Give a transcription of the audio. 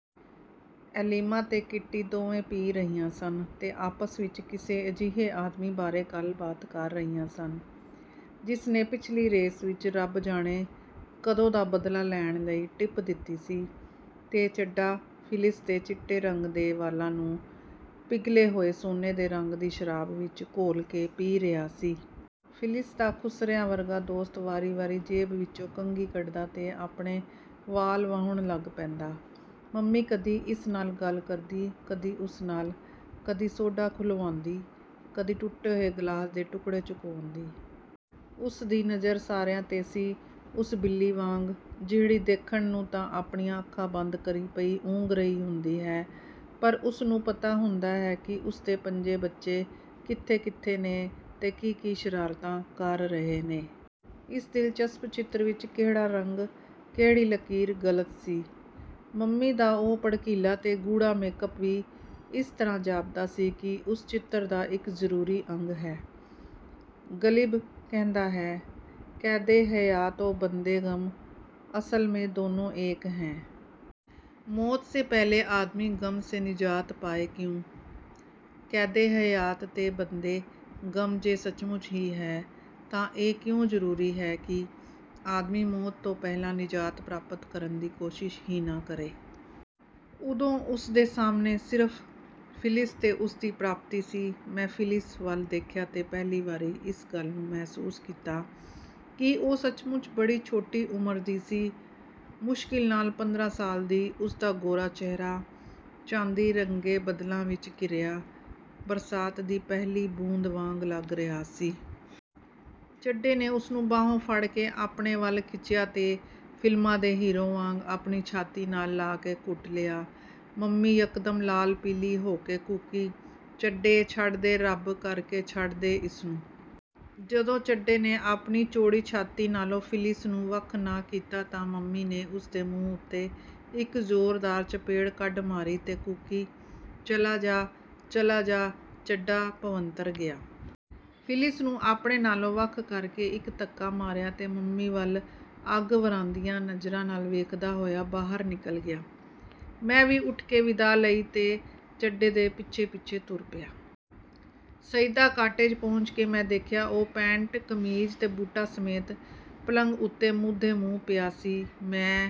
ਐਲੀਮਾ ਤੇ ਕਿਟੀ ਦੋਵੇਂ ਪੀ ਰਹੀਆਂ ਸਨ ਤੇ ਆਪਸ ਵਿਚ ਕਿਸੇ ਅਜਿਹੇ ਆਦਮੀ ਬਾਰੇ ਗੱਲਬਾਤ ਕਰ ਰਹੀਆਂ ਸਨ, ਜਿਸਨੇ ਪਿੱਛਲੀ ਰੇਸ ਵਿਚ ਰੱਬ ਜਾਣੇ ਕਦੋਂ ਦਾ ਬਦਲਾ ਲੈਣ ਲਈ ਟਿੱਪ ਦਿੱਤੀ ਸੀ। ਤੇ ਚੱਡਾ ਫਿਲਿਸ ਦੇ ਚਿਟੇ ਰੰਗ ਦੇ ਵਾਲਾਂ ਨੂੰ ਪਿਘਲੇ ਹੋਏ ਸੋਨੇ ਦੇ ਰੰਗ ਦੀ ਸ਼ਰਾਬ ਵਿਚ ਘੋਲ ਕੇ ਪੀ ਰਿਹਾ ਸੀ। ਫਿਲਿਸ ਦਾ ਖੁਸਰਿਆਂ ਵਰਗਾ ਦੋਸਤ ਵਾਰੀ-ਵਾਰੀ ਜੇਬ ਵਿਚੋਂ ਕੰਘੀ ਕੱਢਦਾ ਤੇ ਆਪਣੇ ਵਾਲ ਵਾਹੁਣ ਲੱਗ ਪੈਂਦਾ। ਮੰਮੀ ਕਦੀ ਇਸ ਨਾਲ ਗੱਲ ਕਰਦੀ, ਕਦੀ ਉਸ ਨਾਲ; ਕਦੀ ਸੋਢਾ ਖੁਲਵਾਉਂਦੀ, ਕਦੀ ਟੁੱਟੇ ਹੋਏ ਗਲਾਸ ਦੇ ਟੁਕੜੇ ਚੁਕਵਾਉਂਦੀ। ਉਸਦੀ ਨਜ਼ਰ ਸਾਰਿਆਂ 'ਤੇ ਸੀ, ਉਸ ਬਿੱਲੀ ਵਾਂਗ, ਜਿਹੜੀ ਦੇਖਣ ਨੂੰ ਤਾਂ ਆਪਣੀਆਂ ਅੱਖਾਂ ਬੰਦ ਕਰੀ ਪਈ ਊਂਘ ਰਹੀ ਹੁੰਦੀ ਹੈ, ਪਰ ਉਸਨੂੰ ਪਤਾ ਹੁੰਦਾ ਹੈ ਕਿ ਉਸਦੇ ਪੰਜੇ ਬੱਚੇ ਕਿੱਥੇ-ਕਿੱਥੇ ਨੇ ਤੇ ਕੀ-ਕੀ ਸ਼ਰਾਰਤਾਂ ਕਰ ਰਹੇ ਨੇ। ਇਸ ਦਿਲਚਸਪ ਚਿੱਤਰ ਵਿਚ ਕਿਹੜਾ ਰੰਗ, ਕਿਹੜੀ ਲਕੀਰ ਗ਼ਲਤ ਸੀ? ਮੰਮੀ ਦਾ ਉਹ ਭੜਕੀਲਾ ਤੇ ਗੂੜ੍ਹਾ ਮੇਕਅੱਪ ਵੀ ਇਸ ਤਰ੍ਹਾਂ ਜਾਪਦਾ ਸੀ ਕਿ ਉਸ ਚਿੱਤਰ ਦਾ ਇਕ ਜ਼ਰੂਰੀ ਅੰਗ ਹੈ। ਗ਼ਲਿਬ ਕਹਿੰਦਾ ਹੈ:- 'ਕੈਦੇ-ਹਯਾਤ-ਓ-ਬੰਦੇ ਗ਼ਮ, ਅਸਲ ਮੇਂ ਦੋਨੋਂ ਏਕ ਹੈਂ। ਮੌਤ ਸੇ ਪਹਿਲੇ ਆਦਮੀ ਗ਼ਮ ਸੇ ਨਿਜਾਤ ਪਾਏ ਕਿਉਂ? ' ਕੈਦੇ-ਹਯਾਤ ਤੇ ਬੰਦੇ-ਗ਼ਮ ਜੇ ਸੱਚਮੁੱਚ ਹੀ ਹੈ ਤਾਂ ਇਹ ਕਿਉਂ ਜ਼ਰੂਰੀ ਹੈ ਕਿ ਆਦਮੀ ਮੌਤ ਤੋਂ ਪਹਿਲਾਂ ਨਿਜਾਤ ਪ੍ਰਾਪਤ ਕਰਨ ਦੀ ਕੋਸ਼ਿਸ਼ ਹੀ ਨਾ ਕਰੇ? ਉਦੋਂ ਉਸਦੇ ਸਾਹਮਣੇ ਸਿਰਫ ਫਿਲਿਸ ਤੇ ਉਸਦੀ ਪ੍ਰਾਪਤੀ ਸੀ। ਮੈਂ ਫਿਲਿਸ ਵੱਲ ਦੇਖਿਆ ਤੇ ਪਹਿਲੀ ਵਾਰੀ ਇਸ ਗੱਲ ਨੂੰ ਮਹਿਸੂਸ ਕੀਤਾ ਕਿ ਉਹ ਸੱਚਮੁੱਚ ਬੜੀ ਛੋਟੀ ਉਮਰ ਦੀ ਸੀ, ਮੁਸ਼ਕਿਲ ਨਾਲ ਪੰਦਰਾਂ ਸਾਲ ਦੀ, ਉਸਦਾ ਗੋਰਾ ਚਿਹਰਾ, ਚਾਂਦੀ ਰੰਗੇ ਬੱਦਲਾਂ ਵਿਚ ਘਿਰਿਆ, ਬਰਸਾਤ ਦੀ ਪਹਿਲੀ ਬੂੰਦ ਵਾਂਗ ਲਗ ਰਿਹਾ ਸੀ। ਚੱਡੇ ਨੇ ਉਸਨੂੰ ਬਾਹੋਂ ਫੜ੍ਹ ਕੇ ਆਪਣੇ ਵੱਲ ਖਿੱਚਿਆ ਤੇ ਫ਼ਿਲਮਾਂ ਦੇ ਹੀਰੋ ਵਾਂਗ ਆਪਣੀ ਛਾਤੀ ਨਾਲ ਲਾ ਕੇ ਘੁੱਟ ਲਿਆ। ਮੰਮੀ ਯਕਦਮ ਲਾਲ-ਪੀਲੀ ਹੋ ਕੇ ਕੂਕੀ, "ਚੱਡੇ ਛੱਡ ਦੇ ਰਬ ਕਰਕੇ ਛੱਡ ਦੇ ਇਸਨੂੰ! " ਜਦੋਂ ਚੱਡੇ ਨੇ ਆਪਣੀ ਚੌੜੀ ਛਾਤੀ ਨਾਲੋਂ ਫਿਲਿਸ ਨੂੰ ਵੱਖ ਨਾ ਕੀਤਾ ਤਾਂ ਮੰਮੀ ਨੇ ਉਸਦੇ ਮੂੰਹ ਉੱਤੇ ਇਕ ਜ਼ੋਰਦਾਰ ਚਪੇੜ ਕੱਢ ਮਾਰੀ ਤੇ ਕੂਕੀ, "ਚਲਾ ਜਾ, ਚਲਾ ਜਾ" ਚੱਡਾ ਭਵੰਤਰ ਗਿਆ। ਫਿਲਿਸ ਨੂੰ ਆਪਣੇ ਨਾਲੋਂ ਵੱਖ ਕਰਕੇ ਇਕ ਧੱਕਾ ਮਾਰਿਆ ਤੇ ਮੰਮੀ ਵੱਲ ਅੱਗ ਵਰ੍ਹਾਂਦੀਆਂ ਨਜ਼ਰਾਂ ਨਾਲ ਵੇਖਦਾ ਹੋਇਆ ਬਾਹਰ ਨਿਕਲ ਗਿਆ। ਮੈਂ ਵੀ ਉਠ ਕੇ ਵਿਦਾਅ ਲਈ ਤੇ ਚੱਡੇ ਦੇ ਪਿੱਛੇ-ਪਿੱਛੇ ਤੁਰ ਪਿਆ। ਸਈਦਾ ਕਾਟੇਜ ਪਹੁੰਚ ਕੇ ਮੈਂ ਦੇਖਿਆ ਉਹ ਪੈਂਟ, ਕਮੀਜ਼ ਤੇ ਬੂਟਾਂ ਸਮੇਤ, ਪਲੰਘ ਉੱਤੇ, ਮੂਧੇ- ਮੁੰਹ ਪਿਆ ਸੀ। ਮੈਂ